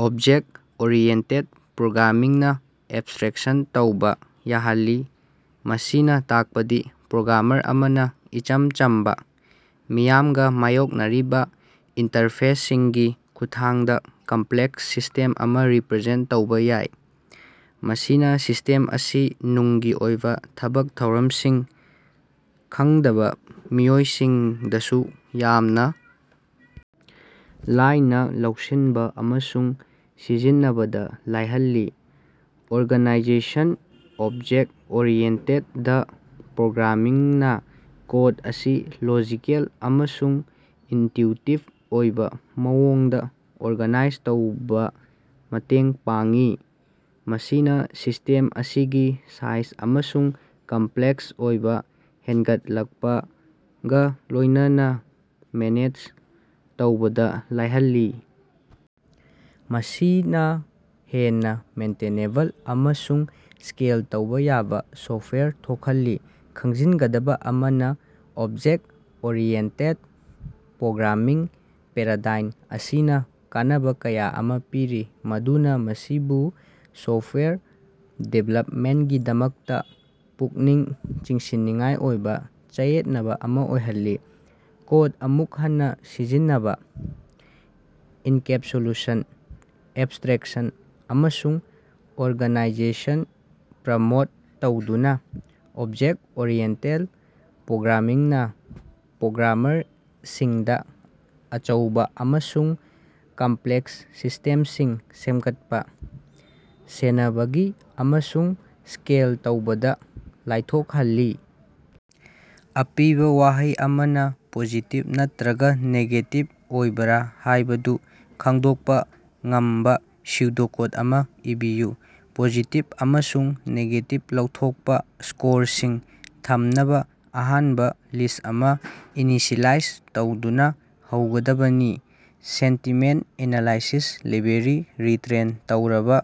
Object oriented programming ꯅ abstraction ꯇꯧꯕ ꯌꯥꯍꯜꯂꯤ, ꯃꯁꯤꯅ ꯇꯥꯛꯄꯗꯤ ꯄ꯭ꯔꯣꯒ꯭ꯔꯥꯃꯔ ꯑꯃꯅ ꯏꯆꯝ ꯆꯝꯕ, ꯃꯤꯌꯥꯝꯒ ꯃꯥꯌꯣꯛꯅꯔꯤꯕ ꯏꯟꯇꯔꯐꯦꯁꯁꯤꯡꯒꯤ ꯈꯨꯠꯊꯥꯡꯗ ꯀꯝꯄ꯭ꯂꯦꯛꯁ ꯁꯤꯁꯇꯦꯝ ꯑꯃ ꯔꯤꯄ꯭ꯔꯖꯦꯟꯇ ꯇꯧꯕ ꯌꯥꯏ꯫ ꯃꯁꯤꯅ ꯁꯤꯁ꯭ꯇꯦꯝ ꯑꯁꯤꯒꯤ ꯅꯨꯡꯒꯤ ꯑꯣꯏꯕ ꯊꯕꯛ ꯊꯧꯔꯞꯁꯤꯡ ꯈꯪꯗꯕ ꯃꯤꯑꯣꯏꯁꯤꯡꯗꯁꯨ ꯌꯥꯝꯅ ꯂꯥꯏꯅ ꯂꯧꯁꯤꯟꯕ ꯑꯃꯁꯨꯡ ꯁꯤꯖꯤꯟꯅꯕꯗ ꯂꯥꯏꯍꯜꯂꯤ꯫ ꯑꯣꯔꯒꯅꯥꯏꯖꯦꯁꯟ: ꯑꯣꯕꯖꯦꯛ ꯑꯣꯔꯤꯌꯦꯟꯇꯦꯗ ꯄ꯭ꯔꯣꯒ꯭ꯔꯥꯃꯤꯡ ꯅ ꯀꯣꯗ ꯑꯁꯤ ꯂꯣꯖꯤꯀꯦꯜ ꯑꯃꯁꯨꯡ ꯏꯟꯇ꯭ꯌꯨꯏꯇꯤꯕ ꯑꯣꯏꯕ ꯃꯑꯣꯡꯗ ꯑꯣꯔꯒꯅꯥꯏꯖ ꯇꯧꯕꯗ ꯃꯇꯦꯡ ꯄꯥꯡꯏ, ꯃꯁꯤꯅ ꯁꯤꯁ꯭ꯇꯦꯝ ꯑꯁꯤꯒꯤ ꯁꯥꯏꯖ ꯑꯃꯁꯨꯡ ꯀꯝꯄ꯭ꯂꯦꯛꯁ ꯑꯣꯏꯕ ꯍꯦꯟꯒꯠꯂꯛꯄꯒꯒ ꯂꯣꯏꯅꯅ ꯃꯦꯅꯦꯖ ꯇꯧꯕꯗ ꯂꯥꯏꯍꯜꯂꯤ꯫ ꯃꯁꯤꯅ ꯍꯦꯟꯅ ꯃꯦꯟꯇꯅꯦꯕꯜ ꯑꯃꯁꯨꯡ ꯁ꯭ꯀꯦꯜ ꯇꯧꯕ ꯌꯥꯕ ꯁꯣꯐꯇꯋꯥꯌꯔ ꯊꯣꯛꯍꯜꯂꯤ꯫ ꯈꯪꯖꯤꯟꯒꯗꯕ ꯑꯃꯅ, ꯑꯣꯕꯖꯦꯛꯇ-ꯑꯣꯔꯤꯑꯦꯟꯇꯦꯗ ꯄ꯭ꯔꯣꯒ꯭ꯔꯥꯃꯤꯡ ꯄꯦꯔꯥꯗꯥꯏꯝ ꯑꯁꯤꯅ ꯀꯥꯟꯅꯕ ꯀꯌꯥ ꯑꯃ ꯄꯤꯔꯤ ꯃꯗꯨꯅ ꯃꯁꯤꯕꯨ ꯁꯣꯐꯇꯋꯥꯌꯔ ꯗꯤꯚꯦꯂꯞꯃꯦꯟꯇꯒꯤꯗꯃꯛꯇ ꯄꯨꯛꯅꯤꯡ ꯆꯤꯡꯁꯤꯟꯅꯤꯡꯉꯥꯏ ꯑꯣꯏꯕ ꯆꯌꯦꯠꯅꯕ ꯑꯃ ꯑꯣꯏꯍꯜꯂꯤ꯫ ꯀꯣꯗ ꯑꯃꯨꯛ ꯍꯟꯅ ꯁꯤꯖꯤꯟꯅꯕ, ꯑꯦꯟꯀꯦꯞꯁꯨꯂꯦꯁꯟ, ꯑꯦꯕꯁ꯭ꯇꯔꯦꯛꯁꯟ, ꯑꯃꯁꯨꯡ ꯑꯣꯔꯒꯅꯥꯏꯖꯦꯁꯟ ꯄ꯭ꯔꯃꯣꯠ ꯇꯧꯗꯨꯅ, ꯑꯣꯕꯖꯦꯛ ꯑꯣꯔꯤꯌꯦꯟꯇꯦꯗ ꯄ꯭ꯔꯣꯒ꯭ꯔꯥꯃꯤꯡ ꯅ ꯄ꯭ꯔꯣꯒ꯭ꯔꯥꯃꯔꯁꯤꯡꯗ ꯑꯆꯧꯕ ꯑꯃꯁꯨꯡ ꯀꯝꯄ꯭ꯂꯦꯛꯁ ꯁꯤꯁ꯭ꯇꯦꯞꯁꯤꯡ ꯁꯦꯝꯒꯠꯄ, ꯁꯦꯟꯅꯕꯒꯤ ꯑꯃꯁꯨꯡ ꯁ꯭ꯀꯦꯜ ꯇꯧꯕꯗ ꯂꯥꯏꯊꯣꯛꯍꯜꯂꯤ꯫। ꯑꯄꯤꯕ ꯋꯥꯍꯩ ꯑꯃꯅ ꯄꯣꯖꯤꯇꯤꯚ ꯅꯠꯇ꯭ꯔꯒ ꯅꯦꯒꯦꯇꯤꯚ ꯑꯣꯏꯕꯔ ꯍꯥꯏꯕꯗꯨ ꯈꯪꯗꯣꯛꯄ ꯉꯝꯕ ꯄ꯭ꯁꯨꯗꯣ-ꯀꯣꯗ ꯑꯃ ꯏꯕꯤꯌꯨ꯫ ꯄꯣꯖꯤꯇꯤꯚ ꯑꯃꯁꯨꯡ ꯅꯦꯒꯦꯇꯤꯚ ꯂꯧꯊꯣꯛꯄ ꯁ꯭ꯀꯣꯔꯁꯤꯡ ꯊꯝꯅꯕ ꯑꯍꯥꯡꯕ ꯂꯤꯁ꯭ꯠ ꯑꯃ ꯏꯅꯤꯁꯤꯑꯦꯂꯥꯏꯖ ꯇꯧꯗꯨꯅ ꯍꯧꯒꯗꯕꯅꯤ꯫ ꯁꯦꯟꯇꯤꯃꯦꯟꯇ ꯑꯦꯅꯂꯥꯏꯁꯤꯁ ꯂꯥꯏꯕ꯭ꯔꯦꯔꯤ ꯔꯤ-ꯇ꯭ꯔꯦꯟ ꯇꯧꯔꯕ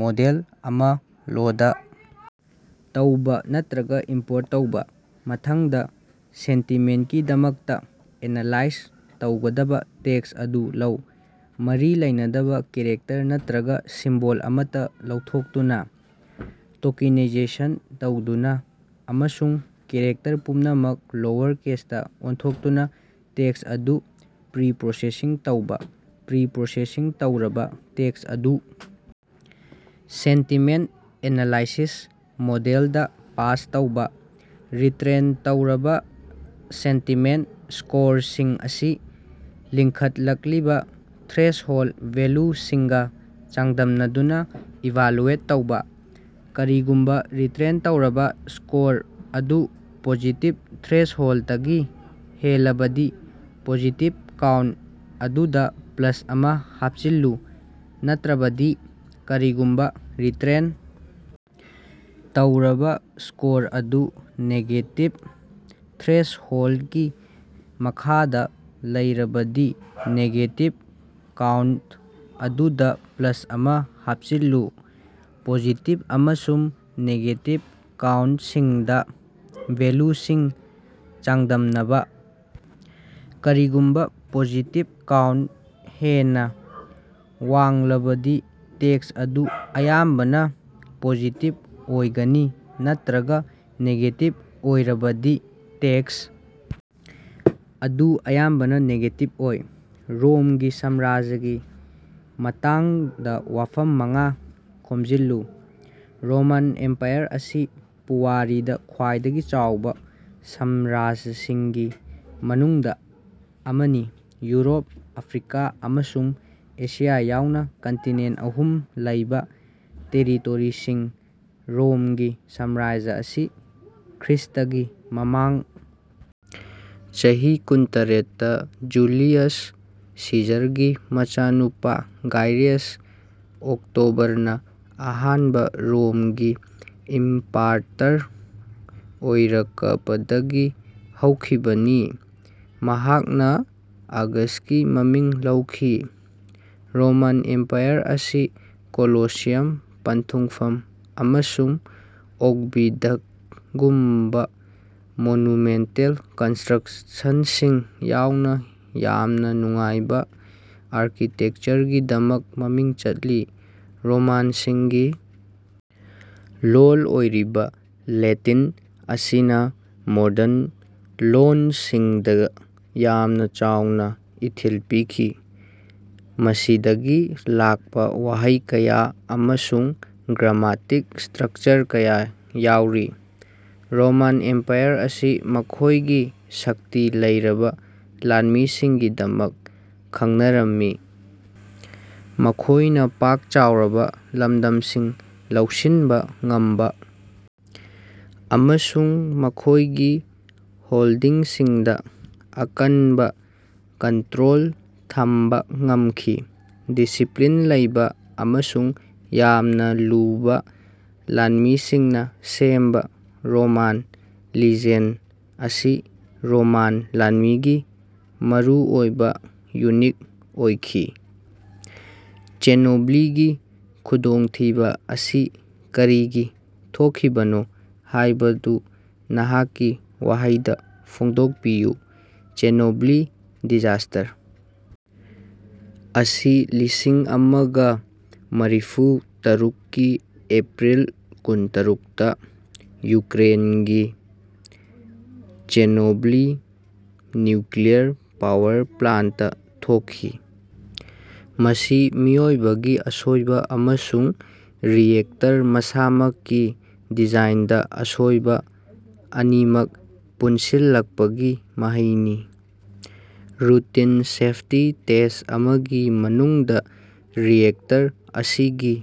ꯃꯣꯗꯦꯜ ꯑꯃ ꯂꯣꯗ ꯇꯧꯕ ꯅꯠꯇ꯭ꯔꯒ ꯏꯝꯄ꯭ꯣꯔꯠ ꯇꯧꯕ꯫ ꯃꯊꯪꯗ, ꯁꯦꯟꯇꯤꯃꯦꯟꯇꯀꯤꯗꯃꯛꯇ ꯑꯦꯅꯂꯥꯏꯖ ꯇꯧꯒꯗꯕ ꯇꯦꯛꯁ ꯑꯗꯨ ꯂꯧ꯫ ꯃꯔꯤ ꯂꯩꯅꯗꯕ ꯆꯦꯛꯔꯦꯛꯇꯔ ꯅꯠꯇ꯭ꯔꯒ ꯁꯤꯝꯕꯣꯜ ꯑꯃꯠꯇ ꯂꯧꯊꯣꯛꯇꯨꯅ, ꯇꯣꯀꯦꯅꯥꯏꯖꯦꯁꯟ ꯇꯧꯗꯨꯅ, ꯑꯃꯁꯨꯡ ꯆꯦꯛꯔꯦꯛꯇꯔ ꯄꯨꯝꯅꯃꯛ ꯂꯣꯋꯔꯀꯦꯁꯇ ꯑꯣꯟꯊꯣꯛꯇꯨꯅ ꯇꯦꯛꯁ ꯑꯗꯨ ꯄ꯭ꯔꯤꯄ꯭ꯔꯣꯁꯦꯁ ꯇꯧꯕ꯫ ꯄ꯭ꯔꯤꯄ꯭ꯔꯣꯁꯦꯁ ꯇꯧꯔꯕ ꯇꯦꯛꯁ ꯑꯗꯨ ꯁꯦꯟꯇꯤꯃꯦꯟꯇ ꯑꯦꯅꯂꯥꯏꯁꯤꯁ ꯃꯣꯗꯦꯜꯗ ꯄꯥꯁ ꯇꯧꯕ꯫ ꯔꯤꯇ꯭ꯔꯦꯟ ꯇꯧꯔꯕ ꯁꯦꯟꯇꯤꯃꯦꯟꯇ ꯁ꯭ꯀꯣꯔꯁꯤꯡ ꯑꯁꯤ ꯂꯤꯡꯈꯠꯂꯛꯂꯤꯕ ꯊ꯭ꯔꯦꯁꯍꯣꯜꯗ ꯚꯦꯂ꯭ꯌꯨꯁꯤꯡꯒ ꯆꯥꯡꯗꯝꯅꯗꯨꯅ ꯏꯚꯥꯂꯨꯑꯦꯠ ꯇꯧꯕ꯫ ꯀꯔꯤꯒꯨꯝꯕ ꯔꯤꯇ꯭ꯔꯦꯟ ꯇꯧꯔꯕ ꯁ꯭ꯀꯣꯔ ꯑꯗꯨ ꯄꯣꯖꯤꯇꯤꯚ ꯊ꯭ꯔꯦꯁꯍꯣꯜꯗꯇꯒꯤ ꯍꯦꯜꯂꯕꯗꯤ, ꯄꯣꯖꯤꯇꯤꯚ ꯀꯥꯎꯟꯇ ꯑꯗꯨꯗ ꯄ꯭ꯂꯁ ꯑꯃ ꯍꯥꯞꯆꯤꯜꯂꯨ꯫ ꯅꯠꯇ꯭ꯔꯕꯗꯤ, ꯀꯔꯤꯒꯨꯝꯕ ꯔꯤꯇ꯭ꯔꯦꯟ ꯇꯧꯔꯕ ꯁ꯭ꯀꯣꯔ ꯑꯗꯨ ꯅꯦꯒꯦꯇꯤꯚ ꯊ꯭ꯔꯦꯁꯍꯣꯜꯗꯀꯤ ꯃꯈꯥꯗ ꯂꯩꯔꯕꯗꯤ, ꯅꯦꯒꯦꯇꯤꯚ ꯀꯥꯎꯟꯇ ꯑꯗꯨꯗ ꯄ꯭ꯂꯁ ꯑꯃ ꯍꯥꯞꯆꯤꯜꯂꯨ꯫ ꯄꯣꯖꯤꯇꯤꯚ ꯑꯃꯁꯨꯡ ꯅꯦꯒꯦꯇꯤꯚ ꯀꯥꯎꯟꯇꯁꯤꯡꯗ ꯚꯦꯂ꯭ꯌꯨꯁꯤꯡ ꯆꯥꯡꯗꯝꯅꯕ꯫ ꯀꯔꯤꯒꯨꯝꯕ ꯄꯣꯖꯤꯇꯤꯚ ꯀꯥꯎꯟꯇ ꯍꯦꯟꯅ ꯋꯥꯡꯂꯕꯗꯤ ꯇꯦꯛꯁ ꯑꯗꯨ ꯑꯌꯥꯝꯕꯅ ꯄꯣꯖꯤꯇꯤꯚ ꯑꯣꯏꯒꯅꯤ ꯅꯠꯇ꯭ꯔꯒ ꯅꯦꯒꯦꯇꯤꯚ ꯑꯣꯏꯔꯕꯗꯤ ꯇꯦꯛꯁ ꯑꯗꯨ ꯑꯌꯥꯝꯕꯅ ꯅꯦꯒꯦꯇꯤꯚ ꯑꯣꯏ꯫ ꯔꯣꯝꯒꯤ ꯁꯥꯝꯔꯥꯖ꯭ꯌꯒꯤ ꯃꯇꯥꯡꯗ ꯋꯥꯐꯝ ꯃꯉꯥ ꯈꯣꯝꯖꯤꯜꯂꯨ꯫ ꯔꯣꯃꯥꯟ ꯏꯝꯄꯥꯌꯔ ꯑꯁꯤ ꯄꯨꯋꯥꯔꯤꯗ ꯈ꯭ꯋꯥꯏꯗꯒꯤ ꯆꯥꯎꯕ ꯁꯥꯝꯔꯥꯖ꯭ꯌꯁꯤꯡꯒꯤ ꯃꯅꯨꯡꯗ ꯑꯃꯅꯤ, ꯌꯨꯔꯣꯞ, ꯑꯐ꯭ꯔꯤꯀꯥ ꯑꯃꯁꯨꯡ ꯑꯦꯁꯤꯌꯥ ꯌꯥꯎꯅ ꯀꯟꯇꯤꯅꯦꯟꯇ ꯑꯍꯨꯝꯗ ꯂꯩꯕ ꯇꯦꯔꯤꯇꯣꯔꯤꯁꯤꯡ ꯔꯣꯝꯒꯤ ꯁꯥꯝꯔꯥꯖ꯭ꯌ ꯑꯁꯤ ꯈ꯭ꯔ꯭ꯏꯁ꯭ꯇꯒꯤ ꯃꯃꯥꯡ ꯆꯍꯤ ꯀꯨꯟꯇꯔꯦꯠ ꯇ ꯖꯨꯂꯤꯌꯁ ꯁꯤꯖꯥꯔꯒꯤ ꯃꯆꯥꯅꯨꯄꯥ ꯒꯥꯏꯌꯁ ꯑꯣꯛꯇꯣꯕꯔꯅ ꯑꯍꯥꯟꯕ ꯔꯣꯝꯒꯤ ꯏꯝꯄꯥꯔꯇꯔ ꯑꯣꯏꯔꯀꯄꯗꯒꯤ ꯍꯧꯈꯤꯕꯅꯤ, ꯃꯍꯥꯛꯅꯥ ꯑꯒꯁ꯭ꯇꯁꯀꯤ ꯃꯃꯤꯡ ꯂꯧꯈꯤ꯫ ꯔꯣꯃꯥꯟ ꯏꯝꯄꯥꯌꯔ ꯑꯁꯤ ꯀꯣꯂꯣꯁꯤꯌꯝ, ꯄꯟꯊꯨꯡꯐꯝ, ꯑꯃꯁꯨꯡ ꯑꯦꯛꯕꯤꯗꯛꯇꯒꯨꯝꯕ ꯃꯣꯅꯨꯃꯦꯟꯇꯜ ꯀꯟꯁꯇ꯭ꯔꯛꯁꯟꯁꯤꯡ ꯌꯥꯎꯅ ꯌꯥꯝꯅ ꯅꯨꯡꯉꯥꯏꯕ ꯑꯥꯔꯀꯤꯇꯦꯛꯆꯔꯒꯤꯗꯃꯛ ꯃꯃꯤꯡ ꯆꯠꯂꯤ꯫ ꯔꯣꯃꯥꯟꯁꯤꯡꯒꯤ ꯂꯣꯜ ꯑꯣꯏꯔꯤꯕ ꯂꯦꯇꯤꯟ ꯑꯁꯤꯅ ꯃꯣꯔꯗꯟ ꯂꯣꯟꯁꯤꯡꯗ ꯌꯥꯝꯅ ꯆꯥꯎꯅ ꯏꯊꯤꯜ ꯄꯤꯈꯤ, ꯃꯁꯤꯗꯒꯤ ꯂꯥꯛꯄ ꯋꯥꯍꯩ ꯀꯌꯥ ꯑꯃꯁꯨꯡ ꯒ꯭ꯔꯥꯃꯥꯔꯇꯤꯛ ꯁ꯭ꯇꯔꯛꯆꯔ ꯀꯌꯥ ꯌꯥꯎꯔꯤ꯫ ꯔꯣꯃꯥꯟ ꯏꯝꯄꯥꯌꯔ ꯑꯁꯤ ꯃꯈꯣꯏꯒꯤ ꯁꯛꯇꯤ ꯂꯩꯔꯕ ꯂꯥꯟꯃꯤꯁꯤꯡꯒꯤꯗꯃꯛ ꯈꯪꯅꯔꯝꯃꯤ, ꯃꯈꯣꯏꯅ ꯄꯥꯛ ꯆꯥꯎꯔꯕ ꯂꯝꯗꯝꯁꯤꯡ ꯂꯧꯁꯤꯟꯕ ꯉꯝꯕ ꯑꯃꯁꯨꯡ ꯃꯈꯣꯏꯒꯤ ꯍꯣꯜꯗꯤꯡꯁꯤꯡꯗ ꯑꯀꯟꯕ ꯀꯟꯇ꯭ꯔꯣꯜ ꯊꯝꯕ ꯉꯝꯈꯤ꯫ ꯗꯤꯁꯤꯄ꯭ꯂꯤꯟ ꯂꯩꯕ ꯑꯃꯁꯨꯡ ꯌꯥꯝꯅ ꯂꯨꯕ ꯂꯥꯟꯃꯤꯁꯤꯡꯅ ꯁꯦꯝꯕ ꯔꯣꯃꯥꯟ ꯂꯤꯖ꯭ꯌꯟ ꯑꯁꯤ ꯔꯣꯃꯥꯟ ꯂꯥꯟꯃꯤꯒꯤ ꯃꯔꯨꯑꯣꯏꯕ ꯌꯨꯅꯤꯠ ꯑꯣꯏꯈꯤ꯫ ꯆꯦꯔꯅꯣꯕꯤꯜꯒꯤ ꯈꯨꯗꯣꯡꯊꯤꯕ ꯑꯁꯤ ꯀꯔꯤꯒꯤ ꯊꯣꯛꯈꯤꯕꯅꯣ ꯍꯥꯏꯕꯗꯨ ꯅꯍꯥꯛꯀꯤ ꯋꯥꯍꯩꯗ ꯐꯣꯡꯗꯣꯛꯄꯤꯌꯨ꯫ ꯆꯦꯔꯅꯣꯕꯤꯜ ꯗꯤꯖꯥꯁꯇꯔ ꯑꯁꯤ ꯂꯤꯁꯤꯡ ꯑꯃꯒ ꯃꯔꯤꯐꯨ ꯇꯔꯨꯛ ꯀꯤ ꯑꯦꯄ꯭ꯔꯤꯜ ꯀꯨꯟꯇꯔꯨꯛ ꯇ ꯌꯨꯀ꯭ꯔꯦꯟꯒꯤ ꯆꯦꯔꯅꯣꯕꯤꯜ ꯅ꯭ꯌꯨꯀ꯭ꯂꯤꯌꯔ ꯄꯥꯋꯔ ꯄ꯭ꯂꯥꯟꯇꯇ ꯊꯣꯛꯈꯤ꯫ ꯃꯁꯤ ꯃꯤꯑꯣꯏꯕꯒꯤ ꯑꯁꯣꯏꯕ ꯑꯃꯁꯨꯡ ꯔꯤꯑꯦꯛꯇꯔ ꯃꯁꯥꯃꯛꯀꯤ ꯗꯤꯖꯥꯏꯟꯗ ꯑꯁꯣꯏꯕ ꯑꯅꯤꯃꯛ ꯄꯨꯟꯁꯤꯜꯂꯛꯄꯒꯤ ꯃꯍꯩꯅꯤ꯫ ꯔꯨꯇꯤꯟ ꯁꯦꯐꯇꯤ ꯇꯦꯁꯠ ꯑꯃꯒꯤ ꯃꯅꯨꯡꯗ ꯔꯤꯑꯦꯛꯇꯔ ꯑꯁꯤꯒꯤ